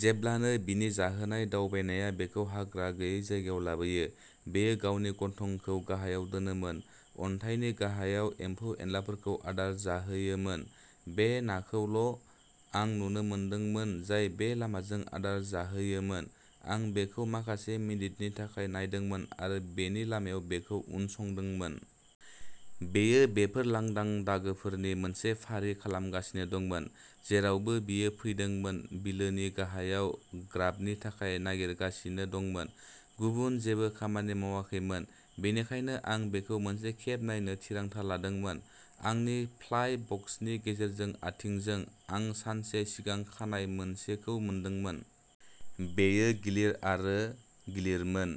जेब्लानो बिनि जाहोनाय दावबायनाया बेखौ हाग्रा गैयै जायगायाव लाबोयो, बेयो गावनि गन्थंखौ गाहायाव दोनोमोन, अन्थाइनि गाहायाव एम्फौ-एनलाफोरखौ आदार जाहैयोमोन। बे नाखौल' आं नुनो मोनदोंमोन जाय बे लामाजों आदार जाहैयोमोन। आं बेखौ माखासे मिनिटनि थाखाय नायदोंमोन आरो बेनि लामायाव बेखौ उनसंदोंमोन। बेयो बेफोर लांदां दागोफोरनि मोनसे फारि खालामगासिनो दंमोन, जेरावबो बियो फैदोंमोन बिलोनि गाहायाव ग्राबनि थाखाय नागिरगासिनो दंमोन। गुबुन जेबो खामानि मावाखैमोन, बेनिखायनो आं बेखौ मोनसे खेब नायनो थिरांथा लादोंमोन। आंनि फ्लाइ बक्सनि गेजेरजों आथिंजों, आं सानसे सिगां खानाय मोनसेखौ मोनदोंमोन। बेयो गिलिर आरो गिलिरमोन,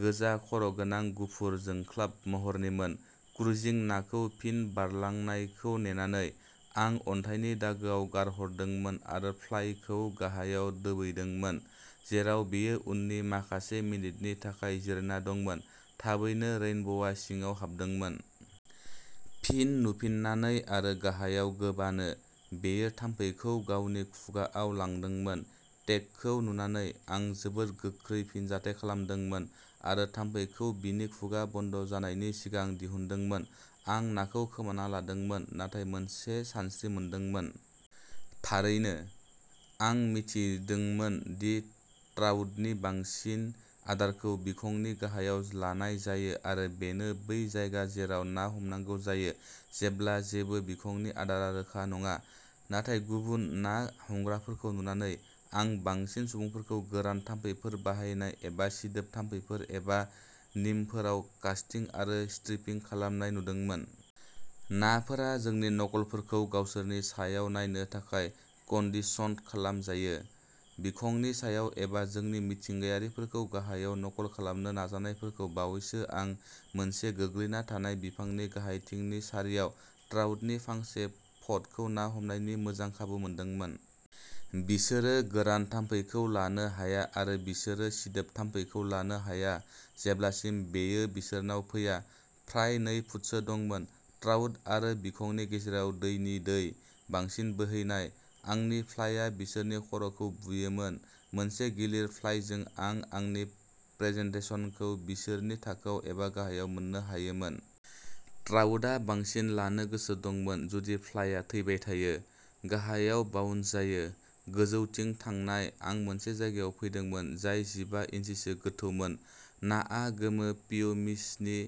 गोजा खर'गोनां गुफुर जोंख्लाब महरनिमोन। क्रुजिं नाखौ फिन बारलांनायखौ नेनानै, आं अन्थाइनि दागोआव गारहरदोंमोन आरो फ्लाइखौ गाहायाव दोबैदोंमोन जेराव बेयो उननि माखासे मिनिटनि थाखाय जिरायना दंमोन। थाबैनो, रेइनब'आ सिङाव हाबदोंमोन। फिन नुफिननानै आरो गाहायाव गोबानो, बेयो थाम्फैखौ गावनि खुगाआव लांदोंमोन। टेकखौ नुनानै, आं जोबोद गोख्रै फिनजाथाय खालामदोंमोन आरो थाम्फैखौ बिनि खुगा बन्द जानायनि सिगां दिहुनदोंमोन। आं नाखौ खोमाना लादोंमोन नाथाय मोनसे सानस्रि मोनदोंमोन। थारैनो, आं मिथिदोंमोन दि ट्राउटनि बांसिन आदारखौ बिखंनि गाहायाव लानाय जायो आरो बेनो बै जायगा जेराव ना हमनांगौ जायो जेब्ला जेबो बिखंनि आदारआ रोखा नङा। नाथाय गुबुन ना हमग्राफोरखौ नुनानै, आं बांसिन सुबुंफोरखौ गोरान थाम्फैफोर बाहायनाय एबा सिदोब थाम्फैफोर एबा निम्फफोराव कास्टिं आरो स्ट्रिपिं खालामनाय नुदोंमोन। नाफोरा जोंनि नकलफोरखौ गावसोरनि सायाव नायनो थाखाय कन्डिशन्ड खालामजायो, बिखंनि सायाव एबा जोंनि मिथिंगायारिफोरखौ गाहायाव नकल खालामनो नाजानायफोरखौ बावैसो आं मोनसे गोग्लैना थानाय बिफांनि गाहायथिंनि सारियाव ट्राउटनि फांसे फ'डखौ ना हमनायनि मोजां खाबु मोनदोंमोन। बिसोरो गोरान थाम्फैखौ लानो हाया आरो बिसोरो सिदोब थाम्फैखौ लानो हाया जेब्लासिम बेयो बिसोरनाव फैया। फ्राय नै फुटसो दंमोन। ट्राउट आरो बिखंनि गेजेराव दैनि दै। बांसिन बोहैनाय, आंनि फ्लाइआ बिसोरनि खर'खौ बुयोमोन। मोनसे गिलिर फ्लाइजों आं आंनि प्रेजेन्टेसनखौ बिसोरनि थाखोआव एबा गाहायाव मोन्नो हायोमोन। ट्राउटआ बांसिन लानो गोसो दंमोन जुदि फ्लाइआ थैबाय थायो, गाहायाव बाउन्स जायो। गोजौथिं थांनाय, आं मोनसे जायगायाव फैदोंमोन जाय जिबा इन्सिसो गोथौमोन। नाआ गोमो पियुमिसनि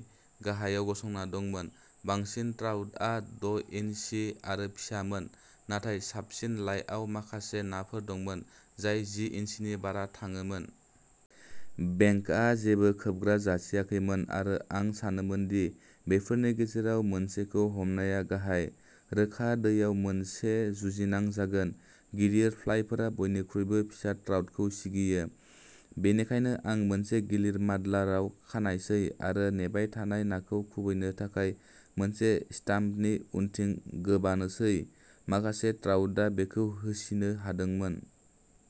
गाहायाव गसंना दंमोन। बांसिन ट्राउटआ द' इन्सि आरो फिसामोन, नाथाय साबसिन लाइआव माखासे नाफोर दंमोन जाय जि इन्सिनि बारा थाङोमोन। बेंकआ जेबो खोबग्रा जासियाखैमोन आरो आं सानोमोन दि बेफोरनि गेजेराव मोनसेखौ हमनाया गाहाय, रोखा दैयाव मोनसे जुजिनां जागोन। गिदिर फ्लाइफोरा बयनिख्रुइबो फिसा ट्राउटखौ सिगियो, बेनिखायनो आं मोनसे गिलिर माड्लारआव खानायसै आरो नेबाय थानाय नाखौ खुबैनो थाखाय मोनसे स्टाम्पनि उनथिं गोबानोसै। माखासे ट्राउटआ बेखौ होसिनो हादोंमोन।